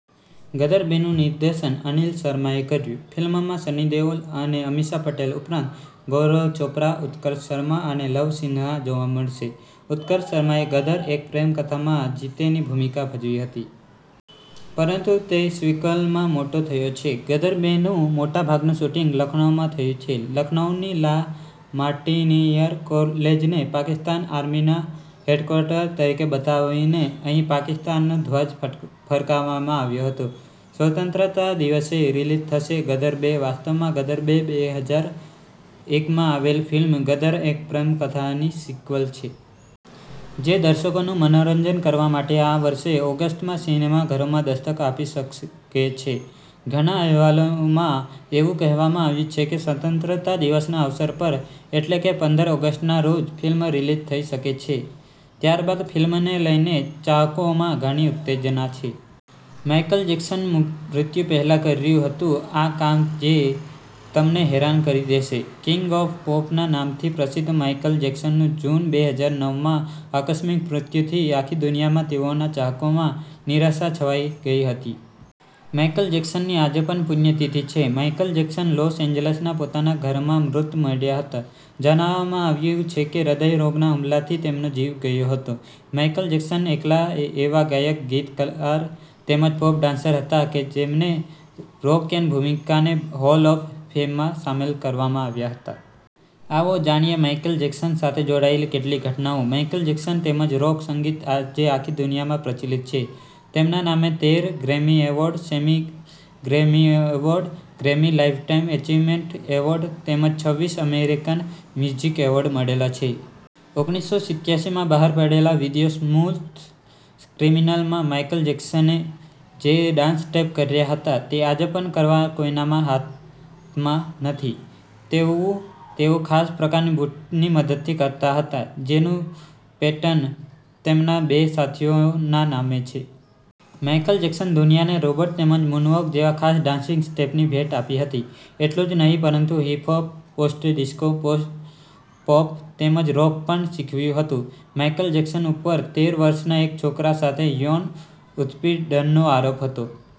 ગદર બે નું નિર્દેશન અનિલ શર્માએ કર્યું છે. ફિલ્મમાં સની દેઓલ અને અમીષા પટેલ ઉપરાંત ગૌરવ ચોપરા, ઉત્કર્ષ શર્મા અને લવ સિન્હા જોવા મળશે. ઉત્કર્ષ શર્માએ 'ગદરઃ એક પ્રેમ કથા'માં જીતેની ભૂમિકા ભજવી હતી. પરંતુ તે સિક્વલમાં મોટો થયો છે. 'ગદર બે 'નું મોટાભાગનું શૂટિંગ લખનૌમાં થયું છે. લખનૌની લા માર્ટિનીયર કોલેજને પાકિસ્તાન આર્મીના હેડક્વાર્ટર તરીકે બતાવીને અહીં પાકિસ્તાનનો ધ્વજ ફરકાવવામાં આવ્યો હતો. સ્વતંત્રતા દિવસે રિલીઝ થશે 'ગદર બે' વાસ્તવમાં 'ગદર બે ' બે હજાર એક માં આવેલી ફિલ્મ 'ગદરઃ એક પ્રેમ કથા'ની સિક્વલ છે. જે દર્શકોનું મનોરંજન કરવા માટે આ વર્ષે ઓગસ્ટમાં સિનેમાઘરોમાં દસ્તક આપી શકે છે. ઘણા અહેવાલોમાં એવું કહેવામાં આવ્યું છે કે સ્વતંત્રતા દિવસના અવસર પર એટલે કે પંદર ઓગસ્ટ ના રોજ, ફિલ્મ રિલીઝ થઈ શકે છે, ત્યારબાદ ફિલ્મને લઈને ચાહકોમાં ઘણી ઉત્તેજના છે. માઇકલ જેકસન મૃત્યુ પહેલા કર્યું હતું આ કામ જે તમને હેરાન કરી દેશે. કિંગ ઓફ પોપ ના નામથી પ્રસિદ્ધ માઇકલ જેક્સન નું, જૂન બે હજાર નવ માં આકસ્મિક મૃત્યુથી આખી દુનિયામાં તેઓના ચાહકોમાં નિરાશા છવાઈ ગઈ હતી. માઇકલ જેકસન ની આજે પુણ્યતિથિ છે. માઇકલ જેકસન લોસ એન્જલસના પોતાના ઘરમાં મૃત મળ્યા હતા. જણાવવામાં આવ્યું છે કે હૃદયરોગના હુમલાથી તેમનો જીવ ગયો હતો. માઇકલ જેકસન એકલા એવા ગાયક, ગીતકાર, તેમજ પોપ ડાન્સર હતા જેમણે રોક એન્ડ ભૂમિકાને હોલ ઓફ ફેમમાં સામેલ કરવામાં આવ્યા હતા. આવો જાણીએ માયકલ જેકસન સાથે જોડાયેલી કેટલીક ઘટનાઓ માઇકલ જેકસન, તેમજ રોક સંગીત આજે આખી દુનિયામાં પ્રચલિત છે. તેમના નામે તેર Grammy award, semi Grammy award, Grammy lifetime achievement award તેમજ છવીસ અમેરિકન મ્યુઝિક એવોર્ડ મળેલા છે. ઓગણીસો સિત્યાસીમાં બહાર પડેલા વિડિયો સ્મૂથ ક્રિમીનલ માં માઇકલ જેકસન જે ડાન્સ સ્ટેપ કર્યા હતા તે આજે પણ કરવા કોઈના હાથમાં નથી. તેવું તેઓ ખાસ પ્રકારના બુટ ની મદદથી કરતા હતા. જેનું પેટન તેમના બે સાથીઓ ના નામે છે. માઇકલ જેકસન દુનિયાને રોબોટ તેમજ મુન-વોક જેવા ખાસ ડાન્સિંગ સ્ટેપ ની ભેટ આપી હતી. એટલું જ નહીં પરંતુ હિપહોપ, પોસ્ટ ડિસ્કો, પોપ તેમજ રોક પણ શીખવ્યું હતું. માઇકલ જેક્સન ઉપર તેર વર્ષના એક છોકરા સાથે યોન ઉત્પીડનનો આરોપ હતો.